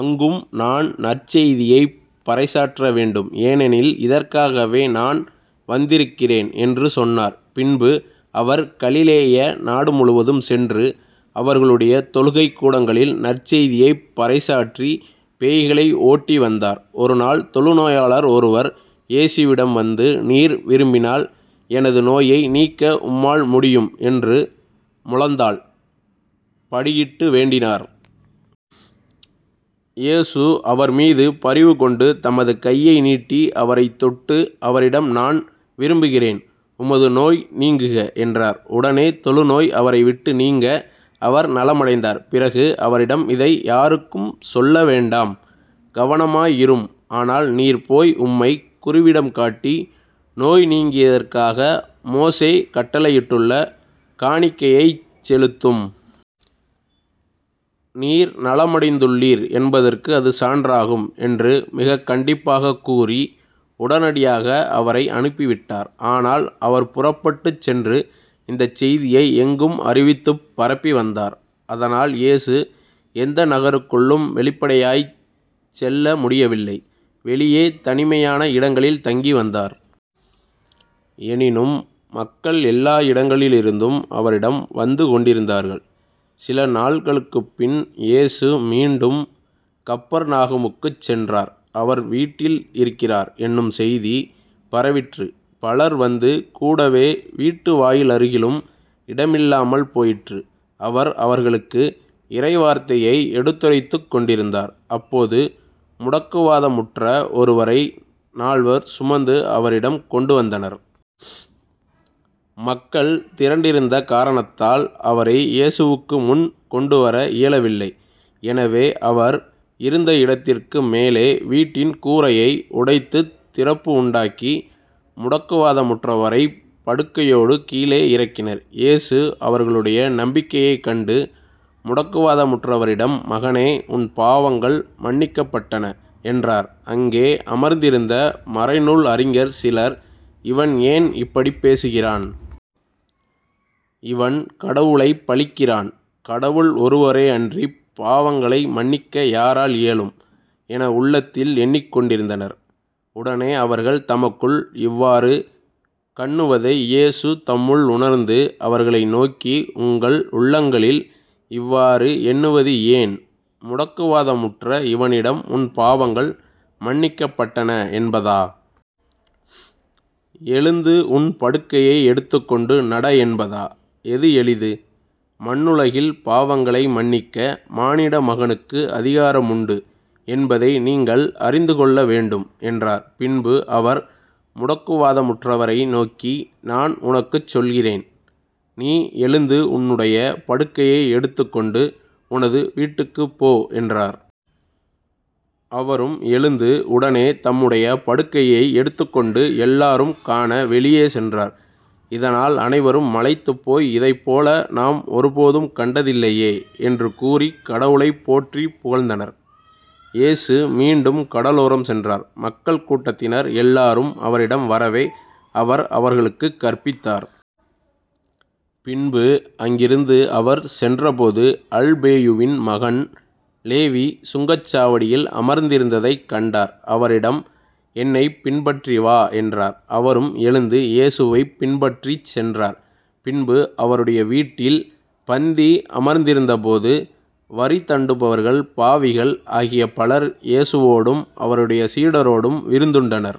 அங்கும் நான் நற்செய்தியைப் பறைசாற்ற வேண்டும் ஏனெனில் இதற்காகவே நான் வந்திருக்கிறேன் என்று சொன்னார். பின்பு அவர் கலிலேய நாடுமுழுவதும் சென்று அவர்களுடைய தொழுகைக் கூடங்களில் நற்செய்தியைப் பறைசாற்றி பேய்களை ஓட்டி வந்தார். ஒரு நாள் தொழுநோயாளர் ஒருவர் இயேசுவிடம் வந்து நீர் விரும்பினால் எனது நோயை நீக்க உம்மால் முடியும் என்று முழந்தாள் படியிட்டு வேண்டினார். இயேசு அவர்மீது பரிவு கொண்டு தமது கையை நீட்டி அவரைத் தொட்டு அவரிடம் நான் விரும்புகிறேன் உமது நோய் நீங்குக. என்றார். உடனே தொழுநோய் அவரைவிட்டு நீங்க, அவர் நலமடைந்தார். பிறகு அவரிடம் இதை யாருக்கும் சொல்ல வேண்டாம் கவனமாய் இரும். ஆனால் நீர் போய் உம்மைக் குருவிடம் காட்டி நோய் நீங்கியதற்காக மோசே கட்டளையிட்டுள்ள காணிக்கையைச் செலுத்தும். நீர் நலமடைந்துள்ளீர் என்பதற்கு அது சான்றாகும் என்று மிகக் கண்டிப்பாகக் கூறி உடனடியாக அவரை அனுப்பி விட்டார். ஆனால் அவர் புறப்பட்டுச் சென்று இந்தச் செய்தியை எங்கும் அறிவித்துப் பரப்பிவந்தார். அதனால் இயேசு எந்த நகருக்குள்ளும் வெளிப்படையாய்ச் செல்ல முடியவில்லை வெளியே தனிமையான இடங்களில் தங்கிவந்தார். எனினும் மக்கள் எல்லா இடங்களிலிருந்தும் அவரிடம் வந்து கொண்டிருந்தார்கள். சில நாள்களுக்குப்பின் இயேசு மீண்டும் கப்பர்நாகுமுக்குச் சென்றார். அவர் வீட்டில் இருக்கிறார் என்னும் செய்தி பரவிற்று. பலர் வந்து கூடவே வீட்டு வாயிலருகிலும் இடமில்லாமல் போயிற்று. அவர் அவர்களுக்கு இறைவார்த்தையை எடுத்துரைத்துக் கொண்டிருந்தார். அப்போது முடக்குவாதமுற்ற ஒருவரை நால்வர் சுமந்து அவரிடம் கொண்டுவந்தனர். மக்கள் திரண்டிருந்த காரணத்தால் அவரை இயேசுவுக்கு முன் கொண்டுவர இயலவில்லை. எனவே அவர் இருந்த இடத்திற்கு மேலே வீட்டின் கூரையை உடைத்துத் திறப்பு உண்டாக்கி முடக்குவாதமுற்றவரைப் படுக்கையோடு கீழே இறக்கினர். இயேசு அவர்களுடைய நம்பிக்கையைக் கண்டு முடக்குவாதமுற்றவரிடம் மகனே உன் பாவங்கள் மன்னிக்கப்பட்டன என்றார். அங்கே அமர்ந்திருந்த மறைநூல் அறிஞர் சிலர் இவன் ஏன் இப்படிப் பேசுகிறான்? இவன் கடவுளைப் பழிக்கிறான். கடவுள் ஒருவரே அன்றிப் பாவங்களை மன்னிக்க யாரால் இயலும்? என உள்ளத்தில் எண்ணிக் கொண்டிருந்தனர். உடனே அவர்கள் தமக்குள் இவ்வாறு கண்ணுவதை இயேசு தம்முள் உணர்ந்து, அவர்களை நோக்கி உங்கள் உள்ளங்களில் இவ்வாறு எண்ணுவது ஏன்? முடக்குவாதமுற்ற இவனிடம் உன் பாவங்கள் மன்னிக்கப்பட்டன என்பதா? எழுந்து உன் படுக்கையை எடுத்துக்கொண்டு நட என்பதா? எது எளிது? மண்ணுலகில் பாவங்களை மன்னிக்க மானிட மகனுக்கு அதிகாரம் உண்டு என்பதை நீங்கள் அறிந்துகொள்ள வேண்டும் என்றார். பின்பு அவர் முடக்குவாதமுற்றவரை நோக்கி நான் உனக்குச் சொல்கிறேன் நீ எழுந்து உன்னுடைய படுக்கையை எடுத்துக்கொண்டு உனது வீட்டுக்குப் போ என்றார். அவரும் எழுந்து உடனே தம்முடைய படுக்கையை எடுத்துக்கொண்டு எல்லாரும் காண வெளியே சென்றார். இதனால் அனைவரும் மலைத்துப்போய் இதைப்போல நாம் ஒருபோதும் கண்டதில்லையே என்று கூறிக் கடவுளைப் போற்றிப் புகழ்ந்தனர். இயேசு மீண்டும் கடலோரம் சென்றார். மக்கள் கூட்டத்தினர் எல்லாரும் அவரிடம் வரவே அவர் அவர்களுக்குக் கற்பித்தார். பின்பு அங்கிருந்து அவர் சென்றபோது அல்பேயுவின் மகன் லேவி சுங்கச்சாவடியில் அமர்ந்திருந்ததைக் கண்டார் அவரிடம் என்னைப் பின்பற்றி வா என்றார். அவரும் எழுந்து இயேசுவைப் பின்பற்றிச் சென்றார். பின்பு அவருடைய வீட்டில் பந்தி அமர்ந்திருந்தபோது வரிதண்டுபவர்கள் பாவிகள் ஆகிய பலர் இயேசுவோடும் அவருடைய சீடரோடும் விருந்துண்டனர்.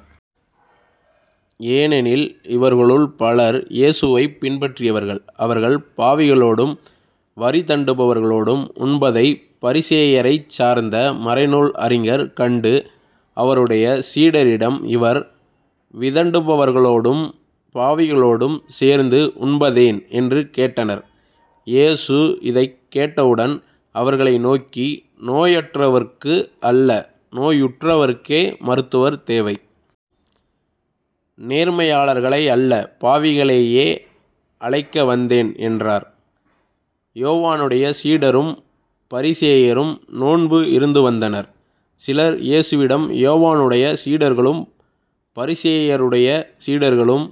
ஏனெனில் இவர்களுள் பலர் இயேசுவைப் பின்பற்றியவர்கள். அவர்கள் பாவிகளோடும் வரிதண்டுபவர்களோடும் உண்பதைப் பரிசேயரைச் சார்ந்த மறைநூல் அறிஞர் கண்டு அவருடைய சீடரிடம் இவர் விதண்டுபவர்களோடும் பாவிகளோடும் சேர்ந்து உண்பதேன்? என்று கேட்டனர். இயேசு இதைக் கேட்டவுடன் அவர்களை நோக்கி நோயற்றவர்க்கு அல்ல நோயுற்றவருக்கே மருத்துவர் தேவை. நேர்மையாளர்களை அல்ல பாவிகளையே அழைக்க வந்தேன் என்றார். யோவானுடைய சீடரும் பரிசேயரும் நோன்பு இருந்துவந்தனர். சிலர் இயேசுவிடம் யோவானுடைய சீடர்களும் பரிசேயருடைய சீடர்களும்